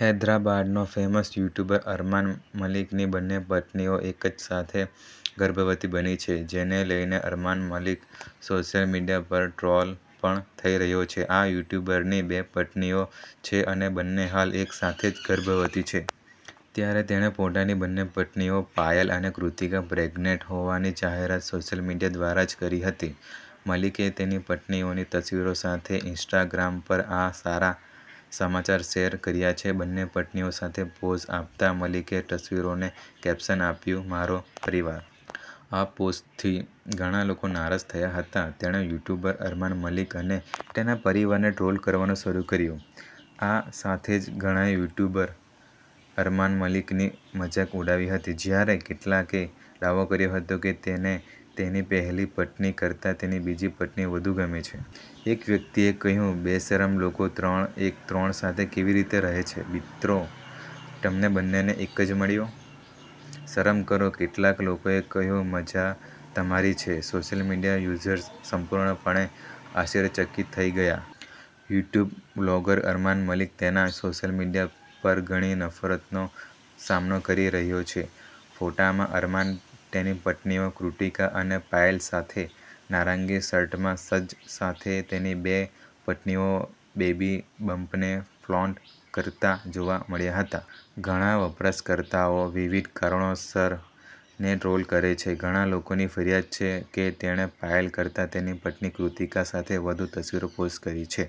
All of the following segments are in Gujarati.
હૈદરાબાદ નો ફેમસ યુટ્યુબર અરમાન મલિક ની બંને પત્નીઓ એક જ સાથે ગર્ભવતી બની છે. જેને લઈને અરમાન મલિક સોશિયલ મીડિયા પર ટ્રોલ પણ થઈ રહ્યો છે. આ યુટ્યુબરની બે પત્નીઓ છે અને બંને હાલ એક સાથે જ ગર્ભવતી છે. ત્યારે તેણે પોતાની બંને પત્નીઓ પાયલ અને કૃતિકા પ્રેગનેન્ટ હોવાની જાહેરાત સોશિયલ મીડિયા દ્વારા જ કરી હતી. મલિકે તેની પત્નીઓની તસવીરો સાથે ઈન્સ્ટાગ્રામ પર આ સારા સમાચાર શેર કર્યા છે. બંને પત્નીઓ સાથે પોઝ આપતાં, મલિકે તસવીરોને કેપ્શન આપ્યું, "મારો પરિવાર. " આ પોસ્ટથી ઘણા લોકો નારાજ થયા હતા. તેણે યુટ્યુબર અરમાન મલિક અને તેના પરિવારને ટ્રોલ કરવાનું શરૂ કર્યું. આ સાથે જ ઘણાએ યુટ્યુબર અરમાન મલિકની મજાક ઉડાવી હતી. જ્યારે કેટલાકે દાવો કર્યો હતો કે તેને તેની પહેલી પત્ની કરતાં તેની બીજી પત્ની વધુ ગમે છે. એક વ્યક્તિએ કહ્યું, 'બેશરમ લોકો ત્રણ એ ત્રણ સાથે કેવી રીતે રહે છે, મિત્રો? તમને બંનેને એક જ મળ્યો? શરમ કરો. ' કેટલાક લોકોએ કહ્યું, 'મજા તમારી છે. ' સોશિયલ મીડિયા યુઝર્સ સંપૂર્ણપણે આશ્ચર્યચકિત થઈ ગયા. યુટ્યુબ વ્લોગર અરમાન મલિક તેના સોશિયલ મીડિયા પર ઘણી નફરતનો સામનો કરી રહ્યો છે. ફોટામાં, અરમાન, તેની પત્નીઓ કૃતિકા અને પાયલ સાથે નારંગી શર્ટમાં સજ્જ, સાથે જ તેની બે પત્નીઓ બેબી બમ્પને ફ્લોન્ટ કરતા જોવા મળ્યા હતા. ઘણા વપરાશકર્તાઓ વિવિધ કારણોસર ને ટ્રોલ કરે છે. ઘણા લોકોની ફરિયાદ છે કે તેણે પાયલ કરતાં તેની પત્ની કૃતિકા સાથે વધુ તસવીરો પોસ્ટ કરી છે.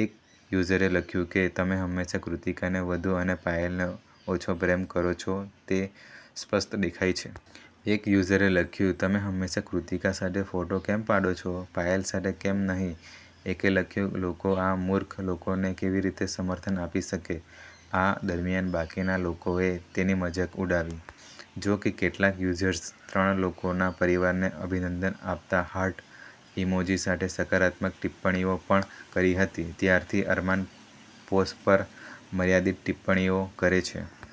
એક યુઝરે લખ્યું કે, 'તમે હંમેશા કૃતિકાને વધુ અને પાયલને ઓછો પ્રેમ કરો છો, તે સ્પષ્ટ દેખાય છે. ' એક યુઝરે લખ્યું, 'તમે હંમેશા કૃતિકા સાથે ફોટો કેમ પાડો છો, પાયલ સાથે કેમ નહીં. ' એકે લખ્યું, 'લોકો આ મૂર્ખ લોકોને કેવી રીતે સમર્થન આપી શકે. ' આ દરમિયાન, બાકીના લોકોએ તેની મજાક ઉડાવી. જો કે, કેટલાક યુઝર્સે ત્રણ લોકોના પરિવારને અભિનંદન આપતા હાર્ટ ઇમોજી સાથે સકારાત્મક ટિપ્પણીઓ પણ કરી હતી. ત્યારથી અરમાન પોસ્ટ પર મર્યાદિત ટિપ્પણીઓ કરે છે.